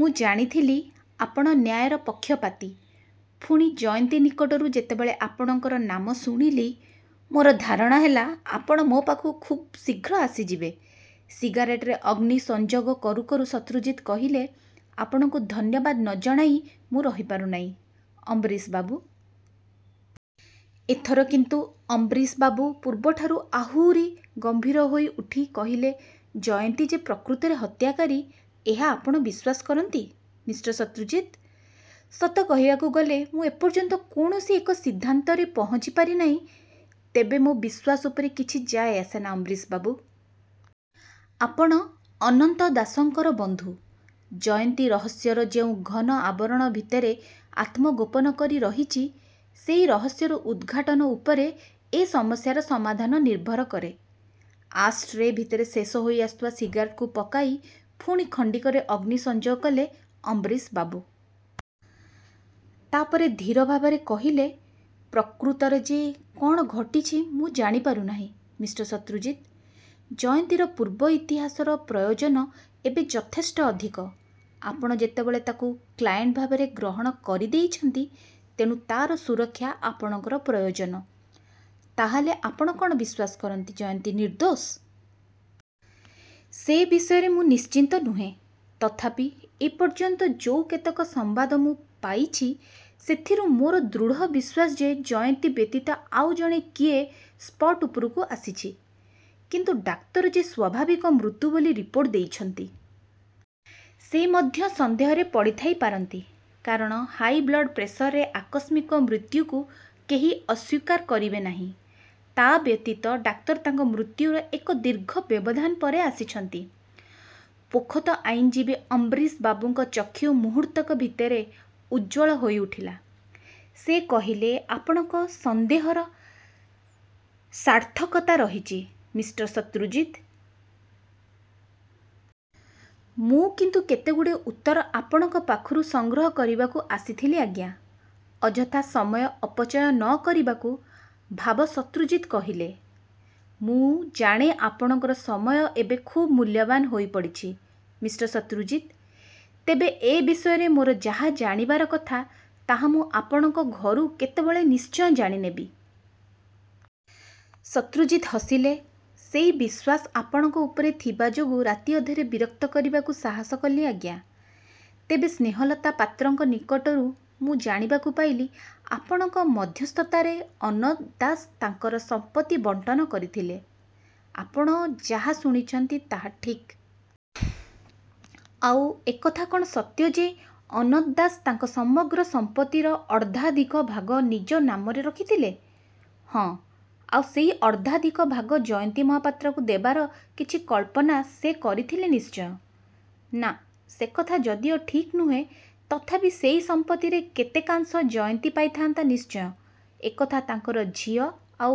ମୁଁ ଜାଣିଥିଲି, ଆପଣ ନ୍ୟାୟର ପକ୍ଷପାତୀ। ପୁଣି ଜୟନ୍ତୀ ନିକଟରୁ ଯେତେବେଳେ ଆପଣଙ୍କର ନାମ ଶୁଣିଲି, ମୋର ଧାରଣା ହେଲା ଆପଣ ମୋ ପାଖକୁ ଖୁବ୍ ଶୀଘ୍ର ଆସିଯିବେ। ' ସିଗାରେଟରେ ଅଗ୍ନିସଂଯୋଗ କରୁ କରୁ ଶତ୍ରୁଜିତ କହିଲେ, 'ଆପଣଙ୍କୁ ଧନ୍ୟବାଦ ନ ଜଣାଇ ମୁଁ ରହିପାରୁନାହିଁ, ଅମ୍ବରୀଶବାବୁ। ଏଥର କିନ୍ତୁ ଅମ୍ବରୀଶବାବୁ ପୂର୍ବଠାରୁ ଆହୁରି ଗମ୍ଭୀର ହୋଇଉଠି କହିଲେ 'ଜୟନ୍ତୀ ଯେ ପ୍ରକୃତରେ ହତ୍ୟାକାରୀ ଏହା ଆପଣ ବିଶ୍ୱାସ କରନ୍ତି, ମି: ଶତ୍ରୁଜିତ? ' 'ସତ କହିବାକୁ ଗଲେ ମୁଁ ଏପର୍ଯ୍ୟନ୍ତ କୌଣସି ଏକ ସିଦ୍ଧାନ୍ତରେ ପହଞ୍ଚିପାରିନାହିଁ। ତେବେ ମୋ ବିଶ୍ୱାସ ଉପରେ କିଛି ଯାଏ ଆସେ ନା, ଅମ୍ବରୀଶବାବୁ! ଆପଣ ଅନନ୍ତ ଦାସଙ୍କର ବନ୍ଧୁ। ଜୟନ୍ତୀ ରହସ୍ୟର ଯେଉଁ ଘନ ଆବରଣ ଭିତରେ ଆତ୍ମଗୋପନ କରି ରହିଛି, ସେଇ ରହସ୍ୟର ଉଦ୍ଘାଟନ ଉପରେ ଏ ସମସ୍ୟାର ସମାଧାନ ନିର୍ଭର କରେ। ' ଆସଟ୍ରେ ଭିତରେ ଶେଷ ହେଇଆସିଥିବା ସିଗାରେଟକୁ ପକାଇ ପୁଣି ଖଣ୍ଡିକରେ ଅଗ୍ନି ସଂଯୋଗ କଲେ ଅମ୍ବରୀଶବାବୁ। ତା'ପରେ ଧୀର ଭାବରେ କହିଲେ, 'ପ୍ରକୃତରେ ଯେ କ'ଣ ଘଟିଛି ମୁଁ ଜାଣିପାରୁନାହିଁ, ମି: ଶତ୍ରୁଜିତ! ' 'ଜୟନ୍ତୀର ପୂର୍ବ ଇତିହାସର ପ୍ରୟୋଜନ ଏବେ ଯଥେଷ୍ଟ ଅଧିକ। ଆପଣ ଯେତେବେଳେ ତାକୁ କ୍ଲାଏଣ୍ଟ ଭାବରେ ଗ୍ରହଣ କରିଦେଇଛନ୍ତି, ତେଣୁ ତା'ର ସୁରକ୍ଷା ଆପଣଙ୍କର ପ୍ରୟୋଜନ। ' 'ତା'ହେଲେ ଆପଣ କ'ଣ ବିଶ୍ୱାସ କରନ୍ତି ଜୟନ୍ତୀ ନିର୍ଦ୍ଦୋଷ? ' 'ସେ ବିଷୟରେ ମୁଁ ନିଶ୍ଚିତ ନୁହେଁ। ତଥାପି ଏପର୍ଯ୍ୟନ୍ତ ଯୋଉ କେତେକ ସମ୍ବାଦ ମୁଁ ପାଇଛି ସେଥିରୁ ମୋର ଦୃଢ ବିଶ୍ୱାସ ଯେ ଜୟନ୍ତୀ ବ୍ୟତୀତ ଆଉ ଜଣେ କିଏ ସ୍ପଟ୍ ଉପରକୁ ଆସିଛି। ' 'କିନ୍ତୁ ଡାକ୍ତର ଯେ ସ୍ୱାଭାବିକ ମୃତ୍ୟୁ ବୋଲି ରିପୋର୍ଟ ଦେଇଛନ୍ତି! ' 'ସେ ମଧ୍ୟ ସନ୍ଦେହରେ ପଡ଼ିଥାଇପାରନ୍ତି। କାରଣ ହାଇବ୍ଲଡ୍ପ୍ରେସରରେ ଆକସ୍ମିକ ମୃତ୍ୟୁକୁ କେହି ଅସ୍ୱୀକାର କରିବେ ନାହିଁ। ତା' ବ୍ୟତୀତ ଡାକ୍ତର ତାଙ୍କ ମୃତ୍ୟୁର ଏକ ଦୀର୍ଘ ବ୍ୟବଧାନ ପରେ ଆସିଛନ୍ତି। ' ପୋଖତ ଆଇନଜୀବୀ ଅମ୍ବରୀଶବାବୁଙ୍କ ଚକ୍ଷୁ ମୁହୂର୍ତ୍ତକ ଭିତରେ ଉଜ୍ଜ୍ୱଳ ହୋଇଉଠିଲା-। ସେ କହିଲେ, 'ଆପଣଙ୍କ ସନ୍ଦେହର ସାର୍ଥକତା ରହିଛି, ମି: ଶତ୍ରୁଜିତ! ' 'ମୁଁ କିନ୍ତୁ କେତେଗୁଡ଼ିଏ ଉତ୍ତର ଆପଣଙ୍କ ପାଖରୁ ସଂଗ୍ରହ କରିବାକୁ ଆସିଥିଲି, ଆଜ୍ଞା! ' ଅଯଥା ସମୟ ଅପଚୟ ନ କରିବାକୁ ଭାବ ଶତ୍ରୁଜିତ କହିଲେ। 'ମୁଁ ଜାଣେ ଆପଣଙ୍କର ସମୟ ଏବେ ଖୁବ୍ ମୂଲ୍ୟବାନ ହୋଇପଡ଼ିଚି, ମି: ଶତ୍ରୁଜିତ! ତେବେ ଏ ବିଷୟରେ ମୋର ଯାହା ଜାଣିବାର କଥା, ତାହା ମୁଁ ଆପଣଙ୍କ ଘରୁ କେତେବେଳେ ନିଶ୍ଚୟ ଜାଣିନେବି। ' ଶତ୍ରୁଜିତ ହସିଲେ, ସେଇ ବିଶ୍ୱାସ ଆପଣଙ୍କ ଉପରେ ଥିବାଯୋଗୁଁ ରାତିଅଧରେ ବିରକ୍ତ କରିବାକୁ ସାହସ କଲି, ଆଜ୍ଞା! ତେବେ ସ୍ନେହଲତା ପାତ୍ରଙ୍କ ନିକଟରୁ ମୁଁ ଜାଣିବାକୁ ପାଇଲି, ଆପଣଙ୍କ ମଧ୍ୟସ୍ଥତାରେ ଅନନ୍ତ ଦାସ ତାଙ୍କର ସମ୍ପତ୍ତି ବଣ୍ଟନ କରିଥିଲେ। ' 'ଆପଣ ଯାହା ଶୁଣିଛନ୍ତି, ତାହା ଠିକ୍। ' 'ଆଉ ଏକଥା କ'ଣ ସତ୍ୟ ଯେ ଅନନ୍ତ ଦାସ ତାଙ୍କର ସମଗ୍ର ସମ୍ପତ୍ତିର ଅର୍ଦ୍ଧାଧିକ ଭାଗ ନିଜ ନାମରେ ରଖିଥିଲେ? ' 'ହଁ। ' 'ଆଉ ସେଇ ଅର୍ଦ୍ଧାଧିକ ଭାଗ ଜୟନ୍ତୀ ମହାପାତ୍ରକୁ ଦେବାର କିଛି କଳ୍ପନା ସେ କରିଥିଲେ ନିଶ୍ଚୟ। ' 'ନା, ସେକଥା ଯଦିଓ ଠିକ୍ ନୁହେଁ, ତଥାପି ସେଇ ସମ୍ପତ୍ତିରେ କେତେକାଂଶ ଜୟନ୍ତୀ ପାଇଥାଆନ୍ତା ନିଶ୍ଚୟ। ' 'ଏକଥା ତାଙ୍କର ଝିଅ ଆଉ